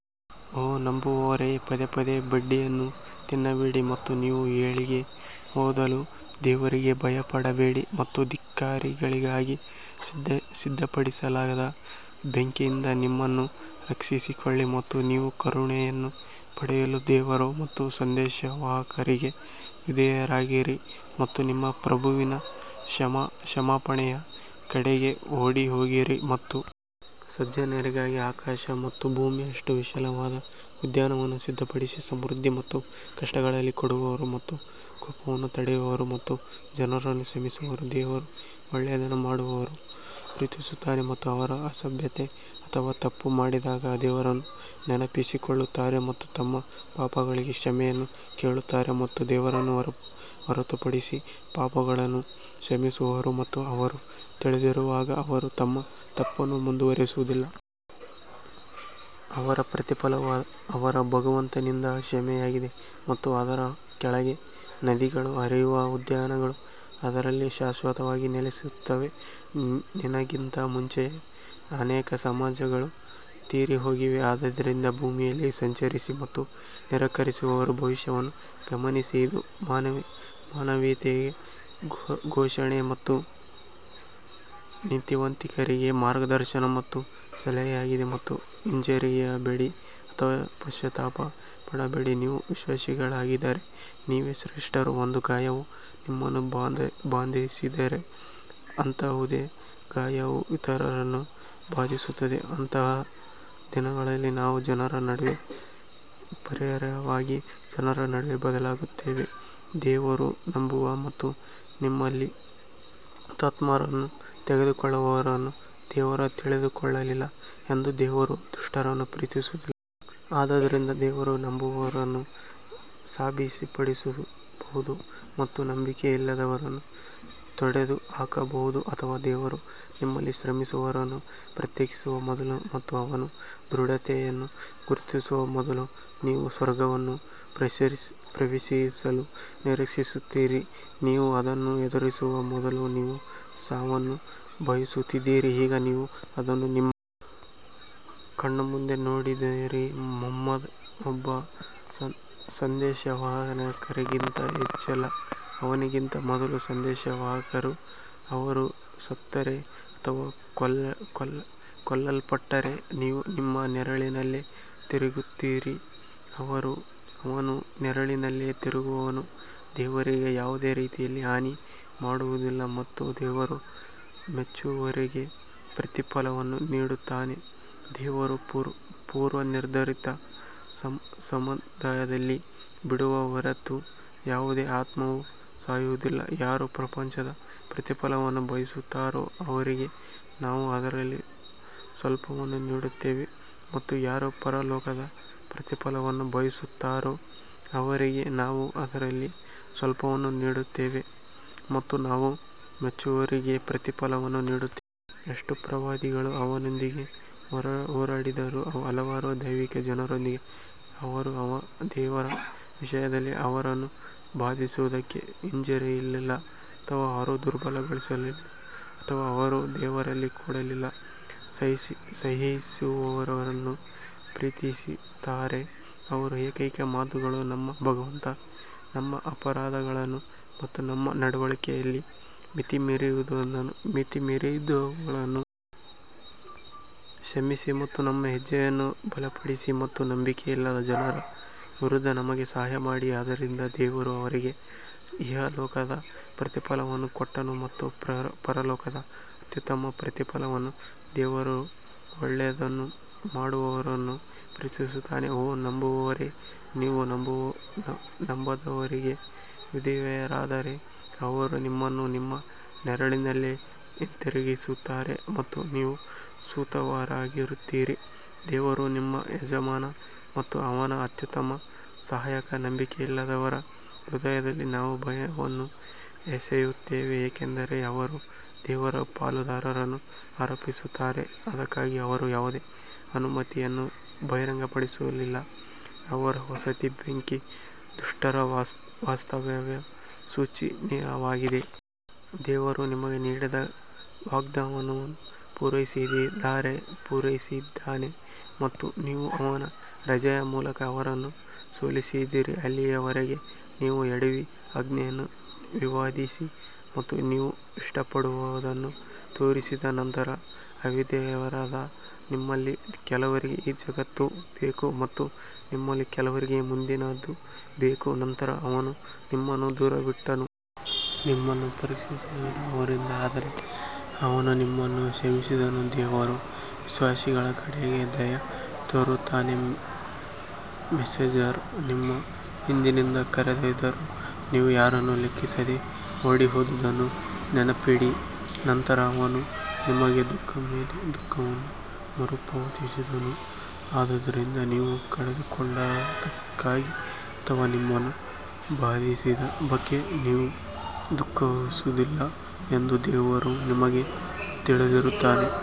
ಓ ನಂಬುವವರೇ, ಪದೇ ಪದೇ ಬಡ್ಡಿಯನ್ನು ತಿನ್ನಬೇಡಿ ಮತ್ತು ನೀವು ಏಳಿಗೆ ಹೊಂದಲು ದೇವರಿಗೆ ಭಯಪಡಬೇಡಿ ಮತ್ತು ಧಿಕ್ಕಾರಿಗಳಿಗಾಗಿ ಸಿದ್ಧಪಡಿಸಲಾದ ಬೆಂಕಿಯಿಂದ ನಿಮ್ಮನ್ನು ರಕ್ಷಿಸಿಕೊಳ್ಳಿ ಮತ್ತು ನೀವು ಕರುಣೆಯನ್ನು ಪಡೆಯಲು ದೇವರು ಮತ್ತು ಸಂದೇಶವಾಹಕರಿಗೆ ವಿಧೇಯರಾಗಿರಿ ಮತ್ತು ನಿಮ್ಮ ಪ್ರಭುವಿನ ಕ್ಷಮಾಪಣೆಯ ಕಡೆಗೆ ಓಡಿಹೋಗಿರಿ ಮತ್ತು ಸಜ್ಜನರಿಗಾಗಿ ಆಕಾಶ ಮತ್ತು ಭೂಮಿಯಷ್ಟು ವಿಶಾಲವಾದ ಉದ್ಯಾನವನ್ನು ಸಿದ್ಧಪಡಿಸಿ ಸಮೃದ್ಧಿ ಮತ್ತು ಕಷ್ಟಗಳಲ್ಲಿ ಕೊಡುವವರು ಮತ್ತು ಕೋಪವನ್ನು ತಡೆಯುವವರು ಮತ್ತು ಜನರನ್ನು ಕ್ಷಮಿಸುವವರು ದೇವರು ಒಳ್ಳೆಯದನ್ನು ಮಾಡುವವರನ್ನು ಪ್ರೀತಿಸುತ್ತಾನೆ ಮತ್ತು ಅವರು ಅಸಭ್ಯತೆ ಅಥವಾ ತಪ್ಪು ಮಾಡಿದಾಗ ದೇವರನ್ನು ನೆನಪಿಸಿಕೊಳ್ಳುತ್ತಾರೆ ಮತ್ತು ತಮ್ಮ ಪಾಪಗಳಿಗೆ ಕ್ಷಮೆಯನ್ನು ಕೇಳುತ್ತಾರೆ ಮತ್ತು ದೇವರನ್ನು ಹೊರತುಪಡಿಸಿ ಪಾಪಗಳನ್ನು ಕ್ಷಮಿಸುವವರು ಮತ್ತು ಅವರು ತಿಳಿದಿರುವಾಗ ಅವರು ತಮ್ಮ ತಪ್ಪನ್ನು ಮುಂದುವರಿಸುವುದಿಲ್ಲ. ಅವರ ಪ್ರತಿಫಲವು ಅವರ ಭಗವಂತನಿಂದ ಕ್ಷಮೆಯಾಗಿದೆ ಮತ್ತು ಅದರ ಕೆಳಗೆ ನದಿಗಳು ಹರಿಯುವ ಉದ್ಯಾನಗಳು ಅದರಲ್ಲಿ ಶಾಶ್ವತವಾಗಿ ನೆಲೆಸುತ್ತವೆ. ನಿನಗಿಂತ ಮುಂಚೆಯೇ ಅನೇಕ ಸಮಾಜಗಳು ತೀರಿಹೋಗಿವೆ ಆದ್ದರಿಂದ ಭೂಮಿಯಲ್ಲಿ ಸಂಚರಿಸಿ ಮತ್ತು ನಿರಾಕರಿಸುವವರ ಭವಿಷ್ಯವನ್ನು ಗಮನಿಸಿ ಇದು ಮಾನವೀಯತೆಯ ಘೋಷಣೆ ಮತ್ತು ನೀತಿವಂತರಿಗೆ ಮಾರ್ಗದರ್ಶನ ಮತ್ತು ಸಲಹೆಯಾಗಿದೆ ಮತ್ತು ಹಿಂಜರಿಯಬೇಡಿ ಅಥವಾ ಪಶ್ಚಾತ್ತಾಪ ಪಡಬೇಡಿ ನೀವು ವಿಶ್ವಾಸಿಗಳಾಗಿದ್ದರೆ ನೀವೇ ಶ್ರೇಷ್ಠರು ಒಂದು ಗಾಯವು ನಿಮ್ಮನ್ನು ಬಾಧಿಸಿದರೆ ಅಂತಹುದೇ ಗಾಯವು ಇತರರನ್ನು ಬಾಧಿಸುತ್ತದೆ ಅಂತಹ ದಿನಗಳಲ್ಲಿ ನಾವು ಜನರ ನಡುವೆ ಪರ್ಯಾಯವಾಗಿ ಜನರ ನಡುವೆ ಬದಲಾಗುತ್ತೇವೆ, ದೇವರು ನಂಬುವ ಮತ್ತು ನಿಮ್ಮಲ್ಲಿ ಹುತಾತ್ಮರನ್ನು ತೆಗೆದುಕೊಳ್ಳುವವರನ್ನು ದೇವರು ತಿಳಿದುಕೊಳ್ಳಲಿ ಎಂದು ದೇವರು ದುಷ್ಟರನ್ನು ಪ್ರೀತಿಸುವುದಿಲ್ಲ. ಆದ್ದರಿಂದ ದೇವರು ನಂಬುವವರನ್ನು ಸಾಬೀತುಪಡಿಸಬಹುದು ಮತ್ತು ನಂಬಿಕೆಯಿಲ್ಲದವರನ್ನು ತೊಡೆದುಹಾಕಬಹುದು ಅಥವಾ ದೇವರು ನಿಮ್ಮಲ್ಲಿ ಶ್ರಮಿಸುವವರನ್ನು ಪ್ರತ್ಯೇಕಿಸುವ ಮೊದಲು ಮತ್ತು ಅವನು ದೃಢತೆಯನ್ನು ಗುರುತಿಸುವ ಮೊದಲು ನೀವು ಸ್ವರ್ಗವನ್ನು ಪ್ರವೇಶಿಸಲು ನಿರೀಕ್ಷಿಸುತ್ತೀರಾ? ನೀವು ಅದನ್ನು ಎದುರಿಸುವ ಮೊದಲು ನೀವು ಸಾವನ್ನು ಬಯಸುತ್ತಿದ್ದಿರಿ ಈಗ ನೀವು ಅದನ್ನು ನಿಮ್ಮ ಕಣ್ಣ ಮುಂದೆ ನೋಡಿದ್ದೀರಿ ಮುಹಮ್ಮದ್ ಒಬ್ಬ ಸಂದೇಶವಾಹಕನಿಗಿಂತ ಹೆಚ್ಚಲ್ಲ ಅವನಿಗಿಂತ ಮೊದಲು ಸಂದೇಶವಾಹಕರು ಅವರು ಸತ್ತರೆ ಅಥವಾ ಕೊಲ್ಲಲ್ಪಟ್ಟರೆ ನೀವು ನಿಮ್ಮ ನೆರಳಿನಲ್ಲೇ ತಿರುಗುತ್ತೀರಾ ಅವನ ನೆರಳಿನಲ್ಲೇ ತಿರುಗುವವನು ದೇವರಿಗೆ ಯಾವುದೇ ರೀತಿಯಲ್ಲಿ ಹಾನಿ ಮಾಡುವುದಿಲ್ಲ ಮತ್ತು ದೇವರು ಮೆಚ್ಚುವವರಿಗೆ ಪ್ರತಿಫಲವನ್ನು ನೀಡುತ್ತಾನೆ ದೇವರು ಪೂರ್ವನಿರ್ಧರಿತ ಸಮಯದಲ್ಲಿ ಬಿಡುವ ಹೊರತು ಯಾವುದೇ ಆತ್ಮವು ಸಾಯುವುದಿಲ್ಲ, ಯಾರು ಪ್ರಪಂಚದ ಪ್ರತಿಫಲವನ್ನು ಬಯಸುತ್ತಾರೋ ಅವರಿಗೆ ನಾವು ಅದರಲ್ಲಿ ಸ್ವಲ್ಪವನ್ನು ನೀಡುತ್ತೇವೆ ಮತ್ತು ಯಾರು ಪರಲೋಕದ ಪ್ರತಿಫಲವನ್ನು ಬಯಸುತ್ತಾರೋ ಅವರಿಗೆ ನಾವು ಅದರಲ್ಲಿ ಸ್ವಲ್ಪವನ್ನು ನೀಡುತ್ತೇವೆ ಮತ್ತು ನಾವು ಮೆಚ್ಚುವವರಿಗೆ ಪ್ರತಿಫಲವನ್ನು ನೀಡುತ್ತೇವೆ. ಎಷ್ಟು ಪ್ರವಾದಿಗಳು ಅವನೊಂದಿಗೆ ಹೋರಾಡಿದರು ಹಲವಾರು ದೈವಿಕ ಜನರೊಂದಿಗೆ ಅವರು ದೇವರ ವಿಷಯದಲ್ಲಿ ಅವರನ್ನು ಬಾಧಿಸುವುದಕ್ಕೆ ಹಿಂಜರಿಯಲಿಲ್ಲ ಅಥವಾ ಅವರು ದುರ್ಬಲಗೊಳಿಸಲಿಲ್ಲ ಅಥವಾ ಅವರು ದೇವರಲ್ಲಿ ಕೊಡಲಿಲ್ಲ ಸಹಿಸುವವರನ್ನು ಪ್ರೀತಿಸುತ್ತಾರೆ ಅವರ ಏಕೈಕ ಮಾತುಗಳು ನಮ್ಮ ಭಗವಂತ ನಮ್ಮ ಅಪರಾಧಗಳನ್ನು ಮತ್ತು ನಮ್ಮ ನಡವಳಿಕೆಯಲ್ಲಿನ ಮಿತಿಮೀರಿದವುಗಳನ್ನು ಕ್ಷಮಿಸಿ ಮತ್ತು ನಮ್ಮ ಹೆಜ್ಜೆಯನ್ನು ಬಲಪಡಿಸಿ ಮತ್ತು ನಂಬಿಕೆಯಿಲ್ಲದ ಜನರ ವಿರುದ್ಧ ನಮಗೆ ಸಹಾಯ ಮಾಡಿ ಆದ್ದರಿಂದ ದೇವರು ಅವರಿಗೆ ಇಹಲೋಕದ ಪ್ರತಿಫಲವನ್ನು ಕೊಟ್ಟನು ಮತ್ತು ಪರಲೋಕದ ಅತ್ಯುತ್ತಮ ಪ್ರತಿಫಲವನ್ನು ದೇವರು ಒಳ್ಳೆಯದನ್ನು ಮಾಡುವವರನ್ನು ಪ್ರೀತಿಸುತ್ತಾನೆ ಓ ನಂಬುವವರೇ, ನೀವು ನಂಬದವರಿಗೆ ವಿಧೇಯರಾದರೆ ಅವರು ನಿಮ್ಮನ್ನು ನಿಮ್ಮ ನೆರಳಿನಲ್ಲೇ ಹಿಂತಿರುಗಿಸುತ್ತಾರೆ ಮತ್ತು ನೀವು ಸೋತವರಾಗುತ್ತೀರಿ ದೇವರು ನಿಮ್ಮ ಯಜಮಾನ ಮತ್ತು ಅವನು ಅತ್ಯುತ್ತಮ ಸಹಾಯಕ ನಂಬಿಕೆಯಿಲ್ಲದವರ ಹೃದಯದಲ್ಲಿ ನಾವು ಭಯವನ್ನು ಎಸೆಯುತ್ತೇವೆ ಏಕೆಂದರೆ ಅವರು ದೇವರ ಪಾಲುದಾರರನ್ನು ಆರೋಪಿಸುತ್ತಾರೆ, ಅದಕ್ಕಾಗಿ ಅವರು ಯಾವುದೇ ಅನುಮತಿಯನ್ನು ಬಹಿರಂಗಪಡಿಸಲಿಲ್ಲ ಅವರ ವಸತಿ ಬೆಂಕಿ ದುಷ್ಟರ ವಾಸ್ತವ್ಯವು ಶೋಚನೀಯವಾಗಿದೆ. ದೇವರು ನಿಮಗೆ ನೀಡಿದ ವಾಗ್ದಾನವನ್ನು ಪೂರೈಸಿದ್ದಾನೆ ಮತ್ತು ನೀವು ಅವನ ರಜೆಯ ಮೂಲಕ ಅವರನ್ನು ಸೋಲಿಸಿದ್ದೀರಿ, ಅಲ್ಲಿಯವರೆಗೆ ನೀವು ಎಡವಿ, ಆಜ್ಞೆಯನ್ನು ವಿವಾದಿಸಿ ಮತ್ತು ನೀವು ಇಷ್ಟಪಡುವದನ್ನು ತೋರಿಸಿದ ನಂತರ ಅವಿಧೇಯರಾದಾಗ ನಿಮ್ಮಲ್ಲಿ ಕೆಲವರಿಗೆ ಈ ಜಗತ್ತು ಬೇಕು ಮತ್ತು ನಿಮ್ಮಲ್ಲಿ ಕೆಲವರಿಗೆ ಮುಂದಿನದು ಬೇಕು ನಂತರ ಅವನು ನಿಮ್ಮನ್ನು ದೂರವಿಟ್ಟನು. ನಿಮ್ಮನ್ನು ಪರೀಕ್ಷಿಸಲು ಅವರಿಂದ ಆದರೆ ಅವನು ನಿಮ್ಮನ್ನು ಕ್ಷಮಿಸಿದನು, ದೇವರು ವಿಶ್ವಾಸಿಗಳ ಕಡೆಗೆ ದಯೆ ತೋರುತ್ತಾನೆ ಮೆಸೆಂಜರ್ ನಿಮ್ಮ ಹಿಂದಿನಿಂದ ಕರೆದರೂ ನೀವು ಯಾರನ್ನೂ ಲೆಕ್ಕಿಸದೆ ಓಡಿಹೋದುದನ್ನು ನೆನಪಿಡಿ, ನಂತರ ಅವನು ನಿಮಗೆ ದುಃಖದ ಮೇಲೆ ದುಃಖವನ್ನು ಮರುಪಾವತಿಸಿದನು, ಆದ್ದರಿಂದ ನೀವು ಕಳೆದುಕೊಂಡದ್ದಕ್ಕಾಗಿ ಅಥವಾ ನಿಮ್ಮನ್ನು ಬಾಧಿಸಿದ ಬಗ್ಗೆ ನೀವು ದುಃಖಿಸುವುದಿಲ್ಲ ಎಂದು ದೇವರು ನಿಮಗೆ ತಿಳಿದಿರುತ್ತಾನೆ.